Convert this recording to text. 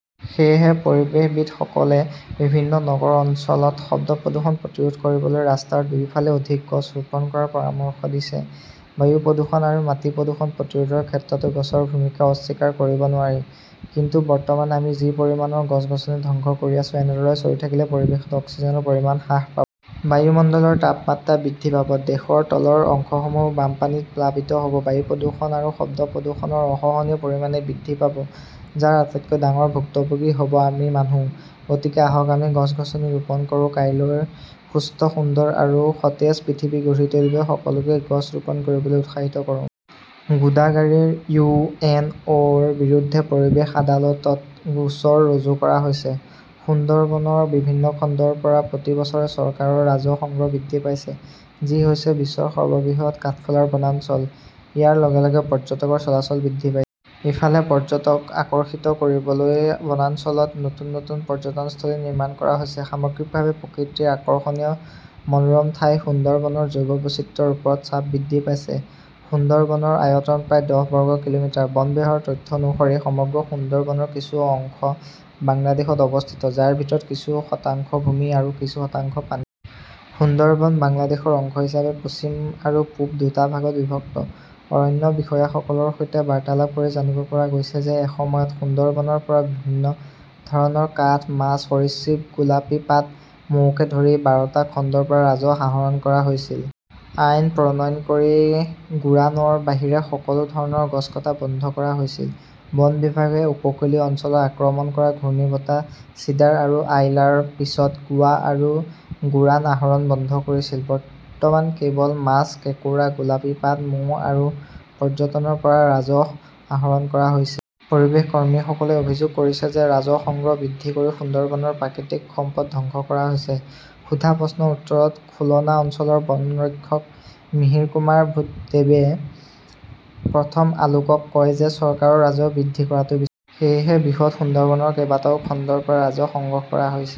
সেয়েহে পৰিৱেশবিদসকলে বিভিন্ন নগৰ অঞ্চলত শব্দ প্ৰদূষণ প্ৰতিৰোধ কৰিবলৈ ৰাস্তাৰ দুয়োফালে অধিক গছ ৰোপণ কৰাৰ পৰামৰ্শ দিছে। বায়ু প্ৰদূষণ আৰু মাটি প্ৰদূষণ প্ৰতিৰোধৰ ক্ষেত্ৰতো গছৰ ভূমিকা অস্বীকাৰ কৰিব নোৱাৰি। কিন্তু বৰ্তমান আমি যি পৰিমাণৰ গছ-গছনি ধ্বংস কৰি আছো, এনেদৰে চলি থাকিলে পৰিৱেশত অক্সিজেনৰ পৰিমাণ হ্ৰাস পাব। বায়ুমণ্ডলৰ তাপমাত্ৰা বৃদ্ধি পাব। দেশৰ তলৰ অংশসমূহ বানপানীত প্লাবিত হ'ব। বায়ু প্ৰদূষণ আৰু শব্দ প্ৰদূষণ অসহনীয় পৰিমাণে বৃদ্ধি পাব, যাৰ আটাইতকৈ ডাঙৰ ভুক্তভোগী হ'ব আমি মানুহ। গতিকে আহক আমি গছ-গছনি ৰোপণ কৰো। কাইলৈৰ সুস্থ, সুন্দৰ আৰু সতেজ পৃথিৱী গঢ়ি তুলিবলৈ সকলোকে গছ ৰোপণ কৰিবলৈ উৎসাহিত কৰো। গোদাগাড়ীৰ ইউ. এন. অ'. -ৰ বিৰুদ্ধে পৰিৱেশ আদালতত গোচৰ ৰুজু কৰা হৈছে। সুন্দৰবনৰ বিভিন্ন খণ্ডৰ পৰা প্ৰতি বছৰে চৰকাৰৰ ৰাজহ সংগ্ৰহ বৃদ্ধি পাইছে, যি হৈছে বিশ্বৰ সৰ্ববৃহৎ কাঠফুলাৰ বনাঞ্চল। ইয়াৰ লগে লগে পৰ্যটকৰ চলাচল বৃদ্ধি পাইছে। ইফালে, পৰ্যটকক আকৰ্ষিত কৰিবলৈ বনাঞ্চলত নতুন নতুন পৰ্যটনস্থলী নিৰ্মাণ কৰা হৈছে। সামগ্ৰিকভাৱে, প্ৰকৃতিৰ আকৰ্ষণীয় মনোৰম ঠাই সুন্দৰবনৰ জৈৱ বৈচিত্ৰ্যৰ ওপৰত চাপ বৃদ্ধি পাইছে। সুন্দৰবনৰ আয়তন প্ৰায় দহ বৰ্গ কিলোমিটাৰ। বন বিভাগৰ তথ্য অনুসৰি সমগ্ৰ সুন্দৰবনৰ কিছু অংশ বাংলাদেশত অৱস্থিত, যাৰ ভিতৰত কিছু শতাংশ ভূমি আৰু কিছু শতাংশ পানী আছে। সুন্দৰবন বাংলাদেশৰ অংশ হিচাপে পশ্চিম আৰু পূব দুটা ভাগত বিভক্ত। অৰণ্য বিষয়াসকলৰ সৈতে বাৰ্তালাপ কৰি জানিব পৰা গৈছে যে এসময়ত সুন্দৰবনৰ পৰা বিভিন্ন ধৰণৰ কাঠ, মাছ, সৰীসৃপ, গোলাপী পাত, মৌকে ধৰি বাৰটা খণ্ডৰ পৰা ৰাজহ আহৰণ কৰা হৈছিল। আইন প্ৰণয়ন কৰি গোৰানৰ বাহিৰে সকলো ধৰণৰ গছ কটা বন্ধ কৰা হৈছিল। বন বিভাগে উপকূলীয় অঞ্চলত আক্ৰমণ কৰা ঘূৰ্ণীবতাহ চিডাৰ আৰু আইলাৰ পিছত গোৱা আৰু গোৰান আহৰণ বন্ধ কৰিছিল। বৰ্তমান কেৱল মাছ, কেঁকোৰা, গোলাপী পাত, মৌ আৰু পৰ্যটনৰ পৰা ৰাজহ আহৰণ কৰা হৈছে। পৰিৱেশ কৰ্মীসকলে অভিযোগ কৰিছে যে ৰাজহ সংগ্ৰহ বৃদ্ধি কৰি সুন্দৰবনৰ প্ৰাকৃতিক সম্পদ ধ্বংস কৰা হৈছে। সোধা প্ৰশ্নৰ উত্তৰত খুলনা অঞ্চলৰ বনৰক্ষক মিহিৰ কুমাৰ ডোৱে প্ৰথম আলোকক কয় যে চৰকাৰে ৰাজহ বৃদ্ধি কৰাটো বিচাৰে। সেয়েহে, বৃহৎ সুন্দৰবনৰ কেইবাটাও খণ্ডৰ পৰা ৰাজহ সংগ্ৰহ কৰা হৈছে।